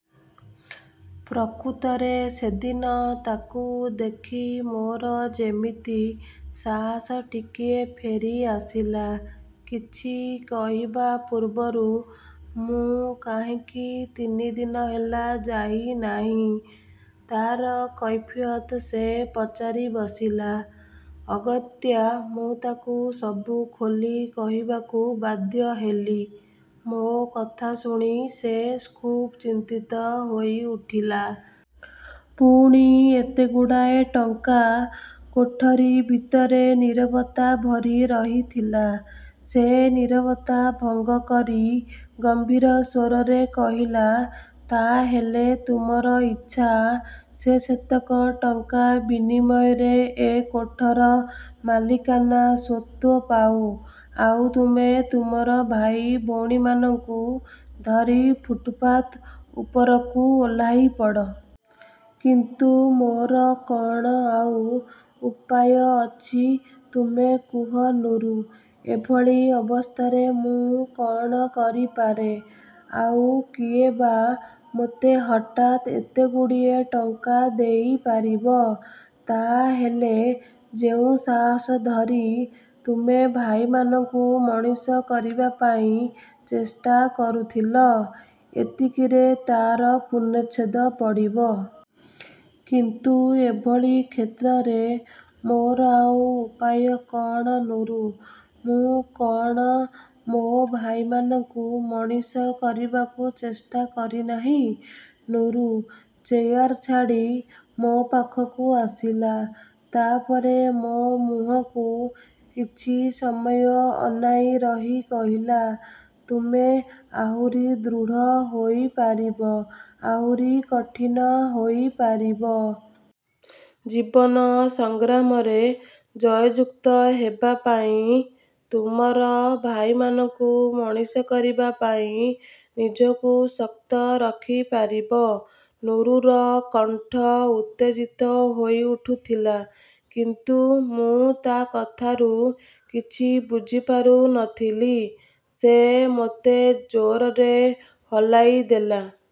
ପ୍ରକୃତରେ ସେଦିନ ତାକୁ ଦେଖି ମୋର ଯେମିତି ସାହସ ଟିକିଏ ଫେରିଆସିଲା। କିଛି କହିବା ପୂର୍ବରୁ ମୁଁ କାହିଁକି ତିନି ଦିନ ହେଲା ଯାଇନାହିଁ, ତାର କୈଫିୟତ ସେ ପଚାରି ବସିଲା। ଅଗତ୍ୟା ମୁଁ ତାକୁ ସବୁ ଖୋଲି କହିବାକୁ ବାଧ୍ୟ ହେଲି। ମୋ କଥା ଶୁଣି ସେ ଖୁବ୍ ଚିନ୍ତିତ ହୋଇଉଠିଲା। ପୁଣି ଏତେଗୁଡ଼ାଏ ଟଙ୍କା... କୋଠରି ଭିତରେ ନୀରବତା ଭରି ରହିଥିଲା। ସେ ନୀରବତା ଭଙ୍ଗ କରି ଗମ୍ଭୀର ସ୍ୱରରେ କହିଲା, ତା ହେଲେ ତୁମର ଇଚ୍ଛା, ସେ ସେତକ ଟଙ୍କା ବିନିମୟରେ ଏ କୋଠାର ମାଲିକାନା ସ୍ୱତ୍ୱ ପାଉ, ଆଉ ତୁମେ ତୁମର ଭାଇ ଭଉଣୀମାନଙ୍କୁ ଧରି ଫୁଟପାଥ୍ ଉପରକୁ ଓହ୍ଲାଇପଡ଼? କିନ୍ତୁ ମୋର କଣ ଆଉ ଉପାୟ ଅଛି ତୁମେ କୁହ ନୁରୁ! ଏଭଳି ଅବସ୍ଥାରେ ମୁଁ କଣ କରିପାରେ? ଆଉ କିଏ ବା ମୋତେ ହଠାତ୍ ଏତେଗୁଡ଼ାଏ ଟଙ୍କା ଦେଇପାରିବ? ତା ହେଲେ ଯେଉଁ ସାହସ ଧରି ତୁମ ଭାଇମାନଙ୍କୁ ମଣିଷ କରିବା ପାଇଁ ଚେଷ୍ଟା କରୁଥିଲ, ଏତିକିରେ ତାର ପୂର୍ଣ୍ଣଚ୍ଛେଦ ପଡ଼ିବ? କିନ୍ତୁ ଏଭଳି କ୍ଷେତ୍ରରେ ମୋର ଆଉ ଉପାୟ କଣ, ନୁରୁ? ମୁଁ କଣ ମୋ ଭାଇମାନଙ୍କୁ ମଣିଷ କରିବାକୁ ଚେଷ୍ଟା କରିନାହିଁ? ନୁରୁ ଚେୟାର ଛାଡ଼ି ମୋ ପାଖକୁ ଆସିଲା। ତା ପରେ ମୋ ମୁହଁକୁ କିଛି ସମୟ ଅନାଇ ରହି କହିଲା, ତୁମେ ଆହୁରି ଦୃଢ଼ ହୋଇପାରିବ, ଆହୁରି କଠିନ ହୋଇପାରିବ? ଜୀବନ ସଂଗ୍ରାମରେ ଜୟଯୁକ୍ତ ହେବା ପାଇଁ, ତୁମର ଭାଇମାନଙ୍କୁ ମଣିଷ କରିବା ପାଇଁ ନିଜକୁ ଶକ୍ତ ରଖିପାରିବ? ନୁରୁର କଣ୍ଠ ଉତ୍ତେଜିତ ହୋଇଉଠୁଥିଲା। କିନ୍ତୁ ମୁଁ ତା କଥାରୁ କିଛି ବୁଝିପାରୁନଥିଲି। ସେ ମୋତେ ଜୋରରେ ହଲାଇ ଦେଇ